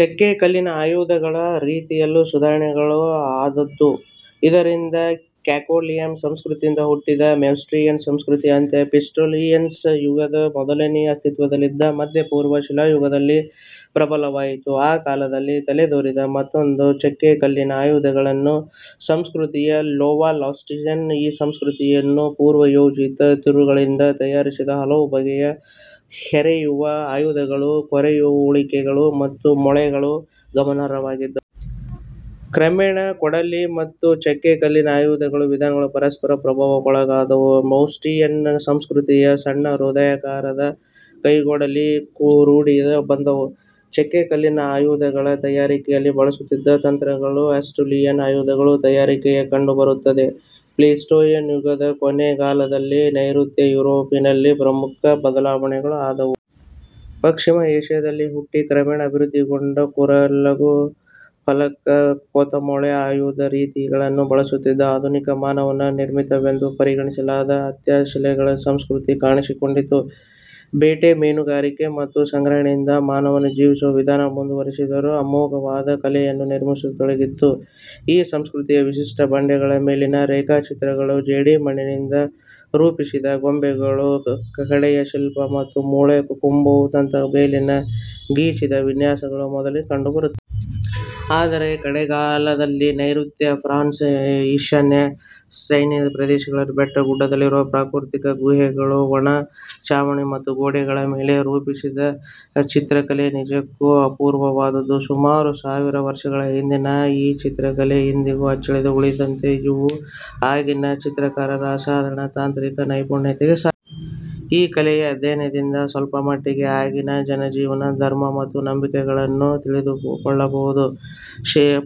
ಚಕ್ಕೆ ಕಲ್ಲಿನ ಆಯುಧಗಳ ರೀತಿಯಲ್ಲೂ ಸುಧಾರಣೆಗಳು ಆದುವು. ಇದರಿಂದ ಕ್ಲಾಕ್ಟೋನಿಯನ್ ಸಂಸ್ಕೃತಿಯಿಂದ ಹುಟ್ಟಿದ ಮೌಸ್ಟೀರಿಯನ್ ಸಂಸ್ಕೃತಿ ಅಂತ್ಯ ಪ್ಲೀಸ್ಟೋಸೀನ್ ಯುಗದ ಮೊದಲಲ್ಲಿ ಅಸ್ತಿತ್ವದಲ್ಲಿದ್ದ ಮಧ್ಯ-ಪೂರ್ವ ಶಿಲಾಯುಗದಲ್ಲಿ ಪ್ರಬಲವಾಯಿತು. ಆ ಕಾಲದಲ್ಲಿ ತಲೆದೋರಿದ ಮತ್ತೊಂದು ಚಕ್ಕೆಕಲ್ಲಿನ ಆಯುಧಗಳ ಸಂಸ್ಕೃತಿ ಲೆವಾಲ್ವಾಸಿಯನ್, ಈ ಸಂಸ್ಕೃತಿಯಲ್ಲಿ ಪೂರ್ವಯೋಜಿತ ತಿರುಳ್ಗಲ್ಲಿನಿಂದ ತಯಾರಿಸಿದ ಹಲವು ಬಗೆಯ ಹೆರೆಯುವ ಆಯುಧಗಳು, ಕೊರೆಯುಳಿಗಳು ಮೊನೆಗಳು ಗಮನಾರ್ಹವಾಗಿದ್ದುವು. ಕ್ರಮೇಣ ಕೈಕೊಡಲಿ ಮತ್ತು ಚಕ್ಕೆ ಕಲ್ಲಿನ ಆಯುಧಗಳ ವಿಧಾನಗಳು ಪರಸ್ಪರ ಪ್ರಭಾವಕ್ಕೊಳಗಾದುವು. ಮೌಸ್ಟೀರಿಯನ್ ಸಂಸ್ಕೃತಿಯಲ್ಲಿ ಸಣ್ಣ ಹೃದಯಾಕಾರದ ಕೈಕೊಡಲಿಗಳು ರೂಢಿಗೆ ಬಂದುವು. ಚಕ್ಕೆಕಲ್ಲಿನ ಆಯುಧಗಳ ತಯಾರಿಕೆಯಲ್ಲಿ ಬಳಸಲಾಗುತ್ತಿದ್ದ ತಂತ್ರಗಳು ಅಷ್ಯೂಲಿಯನ್ ಆಯುಧಗಳ ತಯಾರಿಕೆಯಲ್ಲಿ ಕಂಡುಬರುತ್ತವೆ. ಪ್ಲೀಸ್ಟೋಸೀನ್ ಯುಗದ ಕೊನೆಗಾಲದಲ್ಲಿ ನೈಋತ್ಯ ಯುರೋಪಿನಲ್ಲಿ ಪ್ರಮುಖ ಬದಲಾವಣೆಗಳು ಆದವು. ಪಶ್ಚಿಮ ಏಷ್ಯದಲ್ಲಿ ಹುಟ್ಟಿ ಕ್ರಮೇಣ ಅಭಿವೃದ್ಧಿಗೊಂಡ ಕೂರಲಗು ಫಲಕ ಕೆತ್ತುಮೊಳೆ ಆಯುಧರೀತಿಗಳನ್ನು ಬಳಸುತ್ತಿದ್ದ ಆಧುನಿಕ ಮಾನವ ನಿರ್ಮಿತವೆಂದು ಪರಿಗಣಿಸಲಾದ ಅಂತ್ಯಶಿಲಾಯುಗ ಸಂಸ್ಕೃತಿ ಕಾಣಿಸಿಕೊಂಡಿತು. ಬೇಟೆ, ಮೀನುಗಾರಿಕೆ ಮತ್ತು ಸಂಗ್ರಹಣೆಯಿಂದ ಮಾನವ ಜೀವಿಸುವ ವಿಧಾನವನ್ನು ಮುಂದುವರಿಸಿದರೂ ಅಮೋಘವಾದ ಕಲೆಯನ್ನು ನಿರ್ಮಿಸತೊಡಗಿದ್ದು ಈ ಸಂಸ್ಕೃತಿಯ ವೈಶಿಷ್ಟ್ಯ. ಬಂಡೆಗಳ ಮೇಲಿನ ರೇಖಾ ಚಿತ್ರಗಳು, ಜೇಡಿ ಮಣ್ಣಿನಲ್ಲಿ ರೂಪಿಸಿದ ಗೊಂಬೆಗಳು, ಕಡೆದ ಶಿಲ್ಪಗಳು ಮತ್ತು ಮೂಳೆ ಕೊಂಬು ದಂತಗಳ ಮೇಲಿನ ಗೀಚಿದ ವಿನ್ಯಾಸಗಳು ಮೊದಲಿಗೆ ಕಂಡುಬರುತ್ತವೆ. ಆದರೆ ಕಡೆಗಾಲದಲ್ಲಿ ನೈಋತ್ಯ ಫ್ರಾನ್ಸ್ ಮತ್ತು ಈಶಾನ್ಯ ಸ್ಟೇನಿನ ಪ್ರದೇಶಗಳಲ್ಲಿ ಬೆಟ್ಟಗುಡ್ಡಗಳಲ್ಲಿರುವ ಪ್ರಾಕೃತಿಕ ಗುಹೆಗಳ ಒಳ ಚಾವಣಿ ಮತ್ತು ಗೋಡೆಗಳ ಮೇಲೆ ರೂಪಿಸಿರುವ ಚಿತ್ರಕಲೆ ನಿಜಕ್ಕೂ ಅಪೂರ್ವವಾದದ್ದು. ಸುಮಾರು ಸಾವಿರ ವರ್ಷಗಳ ಹಿಂದಿನ ಈ ಚಿತ್ರಕಲೆ ಇಂದಿಗೂ ಅಚ್ಚಳಿಯದಂತೆ ಉಳಿದುಬಂದಿವೆ. ಇವು ಆಗಿನ ಚಿತ್ರಕಾರರ ಅಸಾಧಾರಣ ತಾಂತ್ರಿಕ ನೈಪುಣ್ಯಕ್ಕೆ ಸಾಕ್ಷಿ. ಈ ಕಲೆಯ ಅಧ್ಯಯನದಿಂದ ಸ್ವಲ್ಪಮಟ್ಟಿಗೆ ಆಗಿನ ಜನಜೀವನ, ಧರ್ಮ ಮತ್ತು ನಂಬಿಕೆಗಳನ್ನು ತಿಳಿದುಕೊಳ್ಳಬಹುದು.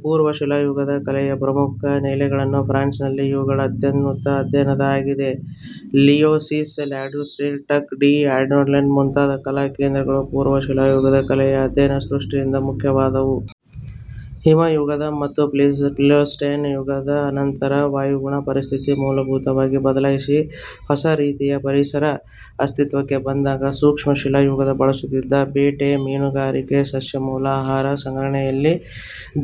ಪೂರ್ವಶಿಲಾಯುಗದ ಕಲೆಯ ಪ್ರಮುಖ ನೆಲೆಗಳು ಫ್ರಾನ್ಸಿನಲ್ಲಿವೆ. ಇವುಗಳ ಅತ್ಯುತ್ತಮ ಅಧ್ಯಯನವೂ ಆಗಿವೆ. ಲಿಐಜೀಸ್, ಲಾಸ್ಕೊಡಾರ್ಡಾನ್, ಟಕ್ ಡಿ ಅಡೋಬರ್ಟ್ ಮುಂತಾದ ಕಲಾ ಕೇಂದ್ರಗಳು ಪೂರ್ವ ಶಿಲಾಯುಗದ ಕಲೆಯ ಅಧ್ಯಯನ ದೃಷ್ಟಿಯಿಂದ ಮುಖ್ಯವಾದವು. ಹಿಮಯುಗದ ಅಥವಾ ಪ್ಲೀಸ್ಟೋಸೀನ್ ಯುಗದ ಅನಂತರ ವಾಯುಗುಣ ಪರಿಸ್ಥಿತಿ ಮೂಲಭೂತವಾಗಿ ಬದಲಾಯಿಸಿ ಹೊಸರೀತಿಯ ಪರಿಸರ ಅಸ್ತಿತ್ವಕ್ಕೆ ಬಂದಾಗ ಸೂಕ್ಷ್ಮ ಶಿಲಾಯುಧಗಳನ್ನು ಬಳಸುತ್ತಿದ್ದ ಬೇಟೆ ಮೀನುಗಾರಿಕೆ ಸಸ್ಯಮೂಲ ಆಹಾರ ಸಂಗ್ರಹಣೆಗಳಿಂದ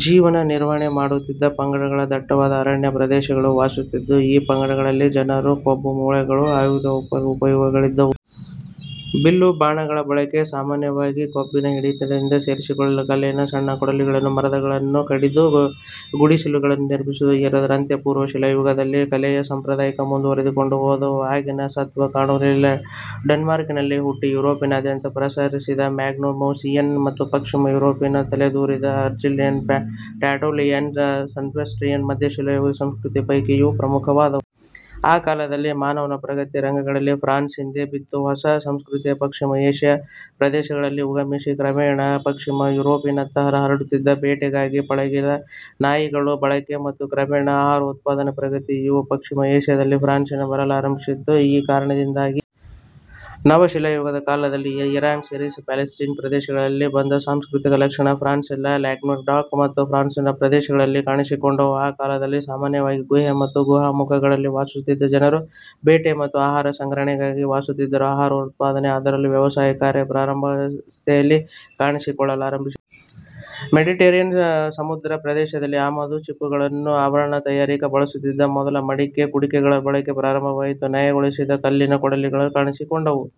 ಜೀವನ ನಿರ್ವಹಣೆ ಮಾಡುತ್ತಿದ್ದ ಪಂಗಡಗಳು ದಟ್ಟವಾದ ಅರಣ್ಯಪ್ರದೇಶಗಳಲ್ಲಿ ವಾಸಿಸುತ್ತಿದ್ದುವು. ಈ ಪಂಗಡದ ಜನರು ಕೊಂಬು ಮೂಳೆಗಳ ಆಯುಧೋಪಕರಣಗಳನ್ನು ಉಪಯೋಗಿಸುತ್ತಿದ್ದರು. ಬಿಲ್ಲು ಬಾಣಗಳ ಬಳಕೆ ಸಾಮಾನ್ಯವಾಗಿತ್ತು. ಕೊಂಬಿನ ಹಿಡಿಕೆಗಳಲ್ಲಿ ಸೇರಿಸಿದ ಕಲ್ಲಿನ ಸಣ್ಣಕೊಡಲಿಗಳಿಂದ ಮರಗಳನ್ನು ಕಡಿದು ಗುಡಿಸಿಲುಗಳನ್ನು ನಿರ್ಮಿಸುತ್ತಿದ್ದರು. ಇವರು ಅಂತ್ಯ ಪೂರ್ವಶಿಲಾಯುಗದ ಕಲೆಯ ಸಂಪ್ರದಾಯವನ್ನು ಮುಂದುವರಿಸಿಕೊಂಡು ಹೋದರಾದರೂ ಆಗಿನ ಸತ್ತ್ವ ಕಾಣಬರುವುದಿಲ್ಲ. ಡೆನ್ಮಾರ್ಕಿನಲ್ಲಿ ಹುಟ್ಟಿ ಯೂರೊಪಿನಾದ್ಯಂತ ಪ್ರಸರಿಸಿದ ಮ್ಯಾಗೆಮೋಸಿಯಸ್ ಮತ್ತು ಪಶ್ಚಿಮ ಯುರೋಪಿನಲ್ಲಿ ತಲೆದೋರಿದ ಅಜಿಲಿಯನ್ ಟಾರ್ಡೆನಾಯಿಸಿನ್, ಸವೆಟೆರ್ರಿಯನ್ ಮಧ್ಯಶಿಲಾಯುಗ ಸಂಸ್ಕೃತಿಗಳ ಪೈಕಿ ಇವು ಪ್ರಮುಖವಾದವು. ಆ ಕಾಲದಲ್ಲಿ ಮಾನವ ಪ್ರಗತಿ ರಂಗದಲ್ಲಿ ಫ್ರಾನ್ಸ್ ಹಿಂದೆ ಬಿತ್ತು. ಹೊಸ ಸಂಸ್ಕೃತಿಗಳು ಪಶ್ಚಿಮ ಏಷ್ಯ ಪ್ರದೇಶಗಳಲ್ಲಿ ಉಗಮಿಸಿ ಕ್ರಮೇಣ ಪಶ್ಚಿಮ ಯೂರೋಪಿನತ್ತ ಹರಡುತ್ತಿದ್ದುವು. ಬೇಟೆಗಾಗಿ ಪಳಗಿದ ನಾಯಿಗಳ ಬಳಕೆ ಮತ್ತು ಕ್ರಮೇಣ ಆಹಾರೋತ್ಪಾದನೆಯತ್ತ ಪ್ರಗತಿ, ಇವು ಪಶ್ಚಿಮ ಏಷ್ಯದಿಂದ ಫ್ರಾನ್ಸಿಗೆ ಬರಲಾರಂಭಿಸಿದ್ದು ಈ ಕಾರಣದಿಂದಲೇ. ನವಶಿಲಾಯುಗ ಕಾಲದಲ್ಲಿ ಇರಾಕ್, ಸಿರಿಯ ಮತ್ತು ಪ್ಯಾಲಸ್ತೀನ್ ಪ್ರದೇಶಗಳಿಂದ ಬಂದ ಸಾಂಸ್ಕೃತಿಕ ಲಕ್ಷಣಗಳು ಫ್ರಾನ್ಸಿನ ಲ್ಯಾಂಗ್ವೆಡಾಕ್ ಮತ್ತು ಪ್ರಾವೆನ್ಸ್ ಪ್ರದೇಶಗಳಲ್ಲಿ ಕಾಣಿಸಿಕೊಂಡವು. ಆ ಕಾಲದಲ್ಲಿ ಸಾಮಾನ್ಯವಾಗಿ ಗುಹೆ ಮತ್ತು ಗುಹಾಮುಖಗಳಲ್ಲಿ ವಾಸಿಸುತ್ತಿದ್ದ ಜನರು ಬೇಟೆ ಮತ್ತು ಆಹಾರಸಂಗ್ರಹಣೆಯಿಂದ ವಾಸಿಸುತ್ತಿದ್ದರಾದರೂ ಆಹಾರೋತ್ಪಾದನೆ ಅದರಲ್ಲೂ ವ್ಯವಸಾಯ ಕಾರ್ಯ ಪ್ರಾರಂಭಾವಸ್ಥೆಯಲ್ಲಿ ಕಾಣಿಸಿಕೊಳ್ಳಲಾರಂಭಿಸಿತು. ಮೆಡಿಟೆರೇನಿಯನ್ ಸಮುದ್ರ ಪ್ರದೇಶದಿಂದ ಆಮದಾದ ಚಿಪ್ಪುಗಳಿಂದ ಆಭರಣಗಳನ್ನು ತಯಾರಿಸಿ ಬಳಸುತ್ತಿದ್ದರು. ಮೊದಲ ಮಡಕೆ-ಕುಡಿಕೆಗಳ ಬಳಕೆ ಪ್ರಾರಂಭವಾಯಿತು. ನಯಗೊಳಿಸಿದ ಕಲ್ಲಿನ ಕೊಡಲಿಗಳು ಕಾಣಿಸಿಕೊಂಡವು.